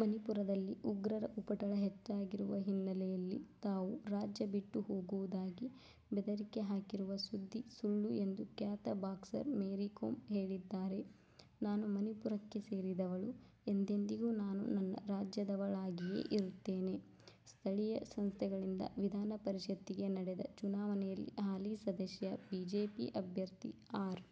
ಮಣಿಪುರದಲ್ಲಿ ಉಗ್ರರ ಉಪಟಳ ಹೆಚ್ಚಾಗಿರುವ ಹಿನ್ನೆಲೆಯಲ್ಲಿ ತಾವು ರಾಜ್ಯ ಬಿಟ್ಟು ಹೋಗುವುದಾಗಿ ಬೆದರಿಕೆ ಹಾಕಿರುವ ಸುದ್ದಿ ಸುಳ್ಳು ಎಂದು ಖ್ಯಾತ ಬಾಕ್ಸರ್ ಮೇರಿ ಕೋಂ ಹೇಳಿದ್ದಾರೆ. ನಾನು ಮಣಿಪುರಕ್ಕೆ ಸೇರಿದವಳು. ಎಂದೆಂದಿಗೂ ನಾನು ನನ್ನ ರಾಜ್ಯದವಳಾಗಿಯೇ ಇರುತ್ತೇನೆ. ಸ್ಥಳೀಯ ಸಂಸ್ಥೆಗಳಿಂದ ವಿಧಾನ ಪರಿಷತ್ತಿಗೆ ನಡೆದ ಚುನಾವಣೆಯಲ್ಲಿ ಹಾಲಿ ಸದಸ್ಯ, ಬಿ ಜೆ ಪಿ ಅಭ್ಯರ್ಥಿ ಆರ್.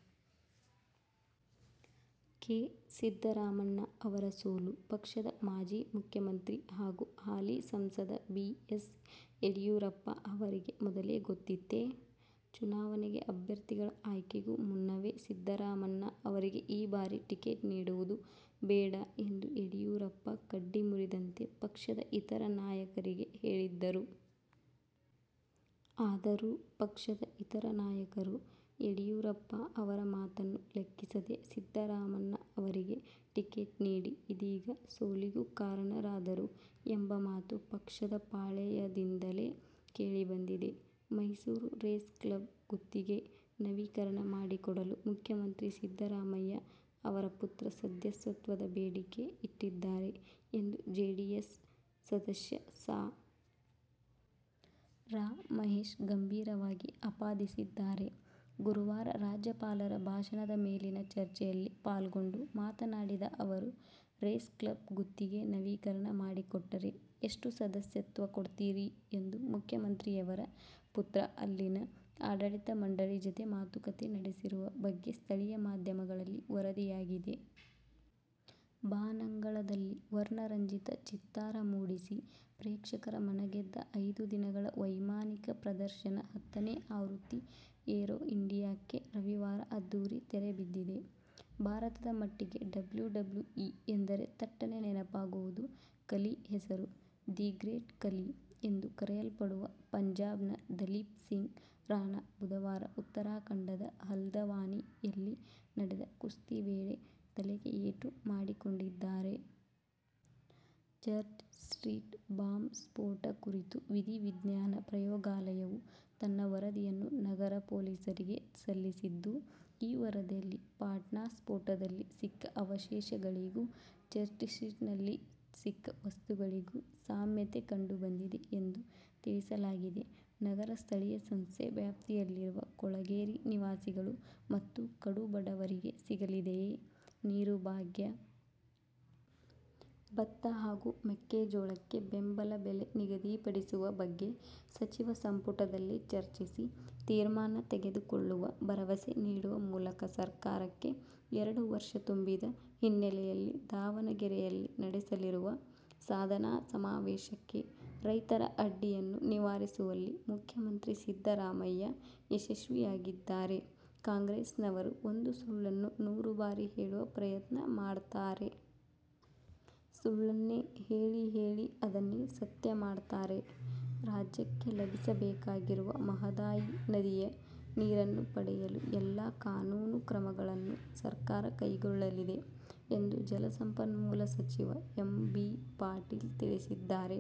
ಕೆ. ಸಿದ್ದರಾಮಣ್ಣ ಅವರ ಸೋಲು ಪಕ್ಷದ ಮಾಜಿ ಮುಖ್ಯಮಂತ್ರಿ ಹಾಗೂ ಹಾಲಿ ಸಂಸದ ಬಿ. ಎಸ್. ಯಡಿಯೂರಪ್ಪ ಅವರಿಗೆ ಮೊದಲೇ ಗೊತ್ತಿತ್ತೇ? ಚುನಾವಣೆಗೆ ಅಭ್ಯರ್ಥಿಗಳ ಆಯ್ಕೆಗೂ ಮುನ್ನವೇ ಸಿದ್ದರಾಮಣ್ಣ ಅವರಿಗೆ ಈ ಬಾರಿ ಟಿಕೆಟ್ ನೀಡುವುದು ಬೇಡ ಎಂದು ಯಡಿಯೂರಪ್ಪ ಕಡ್ಡಿ ಮುರಿದಂತೆ ಪಕ್ಷದ ಇತರ ನಾಯಕರಿಗೆ ಹೇಳಿದ್ದರು. ಆದರೂ, ಪಕ್ಷದ ಇತರ ನಾಯಕರು ಯಡಿಯೂರಪ್ಪ ಅವರ ಮಾತನ್ನು ಲೆಕ್ಕಿಸದೆ ಸಿದ್ದರಾಮಣ್ಣ ಅವರಿಗೇ ಟಿಕೆಟ್ ನೀಡಿ ಇದೀಗ ಸೋಲಿಗೂ ಕಾರಣರಾದರು ಎಂಬ ಮಾತು ಪಕ್ಷದ ಪಾಳೆಯದಿಂದಲೇ ಕೇಳಿಬಂದಿದೆ. ಮೈಸೂರು ರೇಸ್ ಕ್ಲಬ್ ಗುತ್ತಿಗೆ ನವೀಕರಣ ಮಾಡಿಕೊಡಲು ಮುಖ್ಯಮಂತ್ರಿ ಸಿದ್ದರಾಮಯ್ಯ ಅವರ ಪುತ್ರ ಸದಸ್ಯತ್ವದ ಬೇಡಿಕೆ ಇಟ್ಟಿದ್ದಾರೆ ಎಂದು ಜೆಡಿಎಸ್ ಸದಸ್ಯ ಸಾ. ರಾ. ಮಹೇಶ್ ಗಂಭೀರವಾಗಿ ಆಪಾದಿಸಿದ್ದಾರೆ. ಗುರುವಾರ ರಾಜ್ಯಪಾಲರ ಭಾಷಣದ ಮೇಲಿನ ಚರ್ಚೆಯಲ್ಲಿ ಪಾಲ್ಗೊಂಡು ಮಾತನಾಡಿದ ಅವರು, ರೇಸ್ ಕ್ಲಬ್ ಗುತ್ತಿಗೆ ನವೀಕರಣ ಮಾಡಿಕೊಟ್ಟರೆ ಎಷ್ಟು ಸದಸ್ಯತ್ವ ಕೊಡ್ತೀರಿ ಎಂದು ಮುಖ್ಯಮಂತ್ರಿಯವರ ಪುತ್ರ ಅಲ್ಲಿನ ಆಡಳಿತ ಮಂಡಳಿ ಜತೆ ಮಾತುಕತೆ ನಡೆಸಿರುವ ಬಗ್ಗೆ ಸ್ಥಳೀಯ ಮಾಧ್ಯಮಗಳಲ್ಲಿ ವರದಿಯಾಗಿದೆ. ಬಾನಂಗಳದಲ್ಲಿ ವರ್ಣರಂಜಿತ ಚಿತ್ತಾರ ಮೂಡಿಸಿ ಪ್ರೇಕ್ಷಕರ ಮನಗೆದ್ದ ಐದು ದಿನಗಳ ವೈಮಾನಿಕ ಪ್ರದರ್ಶನ ಹತ್ತನೇ ಆವೃತ್ತಿ ಏರೋ ಇಂಡಿಯಾಕ್ಕೆ ರವಿವಾರ ಅದ್ದೂರಿ ತೆರೆ ಬಿದ್ದಿದೆ. ಭಾರತದ ಮಟ್ಟಿಗೆ ಡಬ್ಲ್ಯೂ ಡಬ್ಲ್ಯೂ ಇ ಎಂದರೆ ತಟ್ಟನೆ ನೆನಪಾಗುವುದು ಖಲಿ ಹೆಸರು. "ದಿ ಗ್ರೇಟ್ ಖಲಿ' ಎಂದು ಕರೆಯಲ್ಪಡುವ ಪಂಜಾಬ್ನ ದಲೀಪ್ ಸಿಂಗ್ ರಾಣಾ ಬುಧವಾರ ಉತ್ತರಾಖಂಡದ ಹಲ್ದವಾನಿ ಯಲ್ಲಿ ನಡೆದ ಕುಸ್ತಿ ವೇಳೆ ತಲೆಗೆ ಏಟು ಮಾಡಿಕೊಂಡಿದ್ದಾರೆ. ಚರ್ಚ್ ಸ್ಟ್ರೀಟ್ ಬಾಂಬ್ ಸ್ಫೋಟ ಕುರಿತು ವಿಧಿ ವಿಜ್ಞಾನ ಪ್ರಯೋಗಾಲಯವು ತನ್ನ ವರದಿಯನ್ನು ನಗರ ಪೊಲೀಸರಿಗೆ ಸಲ್ಲಿಸಿದ್ದು, ಈ ವರದಿಯಲ್ಲಿ ಪಾಟ್ನಾ ಸ್ಫೋಟದಲ್ಲಿ ಸಿಕ್ಕ ಅವಶೇಷಗಳಿಗೂ, ಚರ್ಚ್ಸ್ಟ್ರೀಟ್ನಲ್ಲಿ ಸಿಕ್ಕ ವಸ್ತುಗಳಿಗೂ ಸಾಮ್ಯತೆ ಕಂಡುಬಂದಿದೆ ಎಂದು ತಿಳಿಸಲಾಗಿದೆ. ನಗರ ಸ್ಥಳೀಯ ಸಂಸ್ಥೆ ವ್ಯಾಪ್ತಿಯಲ್ಲಿರುವ ಕೊಳಗೇರಿ ನಿವಾಸಿಗಳು ಮತ್ತು ಕಡು ಬಡವರಿಗೆ ಸಿಗಲಿದೆಯೇ "ನೀರು ಭಾಗ್ಯ'? ಭತ್ತ ಹಾಗೂ ಮೆಕ್ಕೆಜೋಳಕ್ಕೆ ಬೆಂಬಲ ಬೆಲೆ ನಿಗದಿಪಡಿಸುವ ಬಗ್ಗೆ ಸಚಿವ ಸಂಪುಟದಲ್ಲಿ ಚರ್ಚಿಸಿ ತೀರ್ಮಾನ ತೆಗೆದುಕೊಳ್ಳುವ ಭರವಸೆ ನೀಡುವ ಮೂಲಕ ಸರ್ಕಾರಕ್ಕೆ ಎರಡು ವರ್ಷ ತುಂಬಿದ ಹಿನ್ನೆಲೆಯಲ್ಲಿ ದಾವಣಗೆರೆಯಲ್ಲಿ ನಡೆಸಲಿರುವ ಸಾಧನಾ ಸಮಾವೇಶಕ್ಕೆ ರೈತರ ಅಡ್ಡಿಯನ್ನು ನಿವಾರಿಸುವಲ್ಲಿ ಮುಖ್ಯಮಂತ್ರಿ ಸಿದ್ದರಾಮಯ್ಯ ಯಶಸ್ವಿಯಾಗಿದ್ದಾರೆ. "ಕಾಂಗ್ರೆಸ್ನವರು ಒಂದು ಸುಳ್ಳನ್ನು ನೂರು ಬಾರಿ ಹೇಳುವ ಪ್ರಯತ್ನ ಮಾಡ್ತಾರೆ. ಸುಳ್ಳನ್ನೇ ಹೇಳಿ ಹೇಳಿ ಅದನ್ನೇ ಸತ್ಯ ಮಾಡ್ತಾರೆ' ರಾಜ್ಯಕ್ಕೆ ಲಭಿಸಬೇಕಾಗಿರುವ ಮಹದಾಯಿ ನದಿಯ ನೀರನ್ನು ಪಡೆಯಲು ಎಲ್ಲಾ ಕಾನೂನು ಕ್ರಮಗಳನ್ನು ಸರ್ಕಾರ ಕೈಗೊಳ್ಳಲಿದೆ ಎಂದು ಜಲಸಂಪನ್ಮೂಲ ಸಚಿವ ಎಂ. ಬಿ. ಪಾಟೀಲ ತಿಳಿಸಿದ್ದಾರೆ.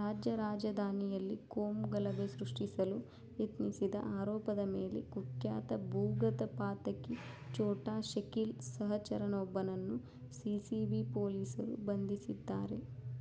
ರಾಜ್ಯ ರಾಜಧಾನಿಯಲ್ಲಿ ಕೋಮು ಗಲಭೆ ಸೃಷ್ಟಿಸಲು ಯತ್ನಿಸಿದ ಆರೋಪದ ಮೇಲೆ ಕುಖ್ಯಾತ ಭೂಗತ ಪಾತಕಿ ಛೋಟಾ ಶಕೀಲ್ ಸಹಚರನೊಬ್ಬನನ್ನು ಸಿಸಿಬಿ ಪೊಲೀಸರು ಬಂಧಿಸಿದ್ದಾರೆ.